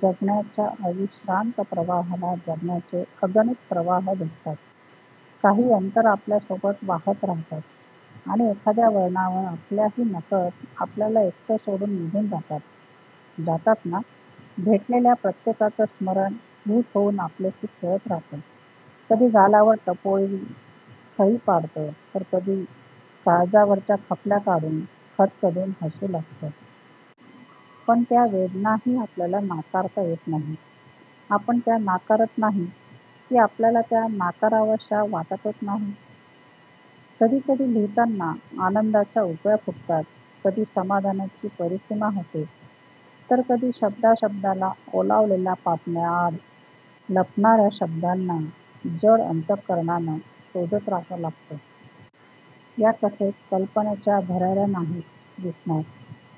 जगण्याच्या अविश्रांत प्रवाहाला जगण्याचे अगणित प्रवाह भेटतात. काही अंतर आपल्यासोबत वाहत राहतात. आणि एखाद्या वळणावर आपल्याही नकळत आपल्याला एकटं सोडून निघून जातात. जातात ना? भेटलेल्या प्रत्येकाचं स्मरण भुत होऊन आपल्याशी खेळत राहतं. कधी गालावर टपोरी खळी पाडतं तर कधी काळजावरच्या खपल्या काढून खदखदून हसू लागतं. पण त्या वेदनाही आपल्याला नाकारता येत नाहीत. आपण त्या नाकारत नाही.की आपल्याला त्या नाकाराव्याश्या वाटतच नाहीत? कधी कधी लिहीताना आनंदाच्या उकळ्या फुटतात. कधी समाधानाची परिसीमा होते.तर कधी शब्दा शब्दाला ओलावलेल्या पापण्या आड लपणार्या शब्दांना जड अंतकरणानं शोधत रहावं लागतं. या कथेत कल्पनेच्या भरार्या नाहीत दिसणार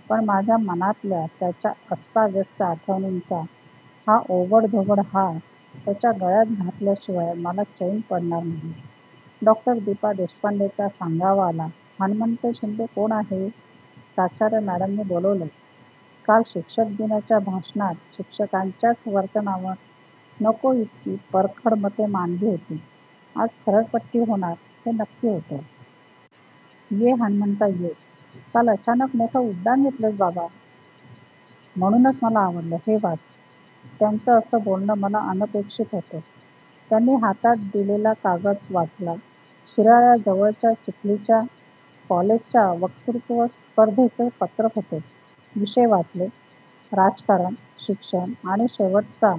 पण माझ्या मनातल्या त्याच्या अस्ताव्यस्त आठवणींचा हा ओबडधोबड हार त्याच्या गळ्यात घातल्याशिवाय मला चैन पडणार नाही.डॉ. दिपा देशपांडेंचा सांगावा आला "हणमंत शिंदे कोण आहे? प्राचार्य म्याडमनी बोलावलय" काल शिक्षक दिनाच्या भाषणात शिक्षकांच्याच वर्तनावर नको इतकी परखड मते मांडली होती आज खरडपट्टी होणार हे नक्की होतं. ये हणमंता ये, काल अचानक मोठं उड्डाण घेतलसं बाबा म्हणूनच मला आवडलं, हे वाच त्यांचं असं बोलणं मला अनपेक्षीत होतं. त्यानी हातात दिलेला कागद वाचला शिराळ्याजवळच्या चिखलीच्या कॉलेजच्या वक्तृत्व स्पर्धेचं पत्रक होतं. विषय वाचले, राजकारण, शिक्षण आणि शेवटचा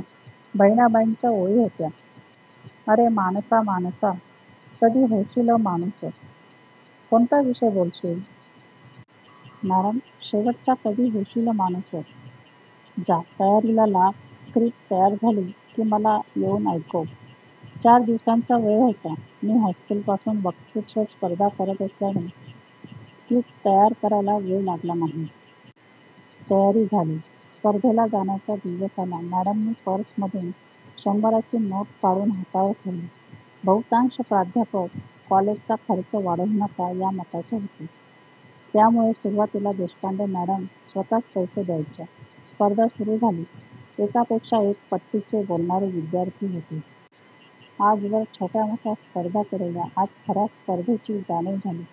बहिणाबाईंच्या ओळी होत्या, अरे माणसा माणसा कधी होशीलं माणूसं, "कोणता विषय बोलशील? " "म्याडम शेवटचा कधी होशील माणूस " "जा तयारीला लाग स्क्रिप्ट तयार झाली की मला येऊन ऐकवं" चार दिवसांचा वेळ होता. मी हायस्कूलपासून वक्तृत्व स्पर्धा करत असल्याने स्क्रिप्ट तयार करायला वेळ लागला नाही. तयारी झाली, स्पर्धेला जाण्याचा दिवस आला. म्याडमनी पर्समधून शंभराची नोट काढून हातावर ठेवली. बहुतांश प्राध्यापक कॉलेजचा खर्च वाढवू नका या मताचे होते. त्यामुळे सुरूवातीला देशपांडे म्याडम स्वतःच पैसे द्यायच्या. स्पर्धा सुरू झाली. एकापेक्षा एक पट्टीचे बोलणारे विध्यार्थी होते. आजवर छोट्या मोठ्या स्पर्धा केलेल्या आज खर्या स्पर्धेची जाणीव झाली.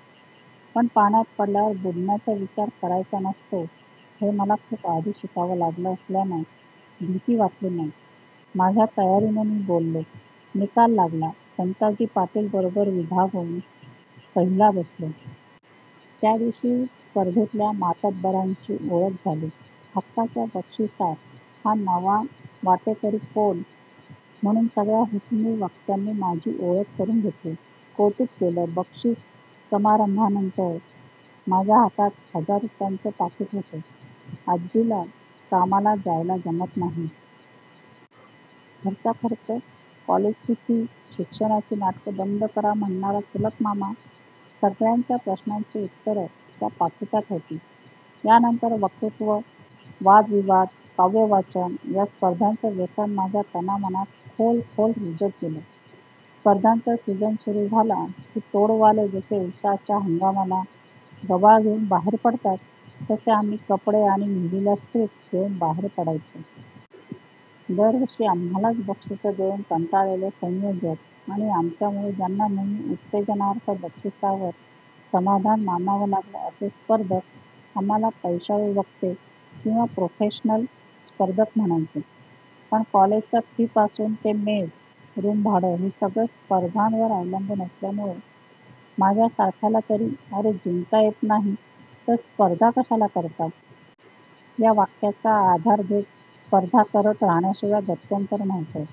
पण, पाण्यात पडल्यावर बुडण्याचा विचार करायचाच नसतो हे मला खूप आधी शिकावं लागलं असल्यानं भिती वाटली नाही. माझ्या तयारीने मी बोललो. निकाल लागला संताजी पाटील बरोबर विभागून पहिला बसलो. त्यादिवशी स्पर्धेतल्या मातब्बरांशी ओळख झाली. हक्काच्या बक्षीसात हा नवा वाटेकरी कोण म्हणून सगळ्या हुकमी वक्त्यांनी माझी ओळख करून घेतली, कौतुक केलं. बक्षीस समारंभानंतर माझ्या हातात हजार रुपयांचं पाकिट होतं. आज्जीला कामाला जायला जमत नाही. घरचा खर्च? कॉलेजची फी शिक्षणाची नाटकं बंद करा म्हणणारा चुलत मामा सगळ्या प्रश्नांची ऊत्तरं त्या पाकिटात हो्ती. या नंतर वक्तृत्व, वाद विवाद, काव्यवाचन या स्पर्धांचं व्यसन माझ्या तना मनात खोल खोल रुजत गेलं, स्पर्धांचा सिझन सुरू झाला की तोडवाले जसे उसाच्या हंगामाला गबाळ घेऊन बाहेर पडतात तसे आम्ही कपडे आणि लिहीलेल्या स्क्रिप्ट्स घेऊन बाहेर पडायचो. दर वर्षी आम्हालाच बक्षीसं देऊन कंटाळलेले संयोजक आणि आमच्यामुळे ज्यांना नेहमी उत्तेजनार्थ बक्षीसावर समाधान मानावं लागलं असे स्पर्धक आम्हाला पैशाळू वक्ते किंवा प्रोफेशनल स्पर्धक म्हणायचे. पण कॉलेजच्या फी पासून ते मेस, रूम भाडं हे सगळच स्पर्धांवर अवलंबून असल्यामुळ माझ्यासारख्याला तरी 'अरे जिंकता येत नाही तर स्पर्धा कशाला करता? ' या वाक्याचा आधार घेत स्पर्धा करत राहण्याशिवाय गत्यंतर नव्हतं.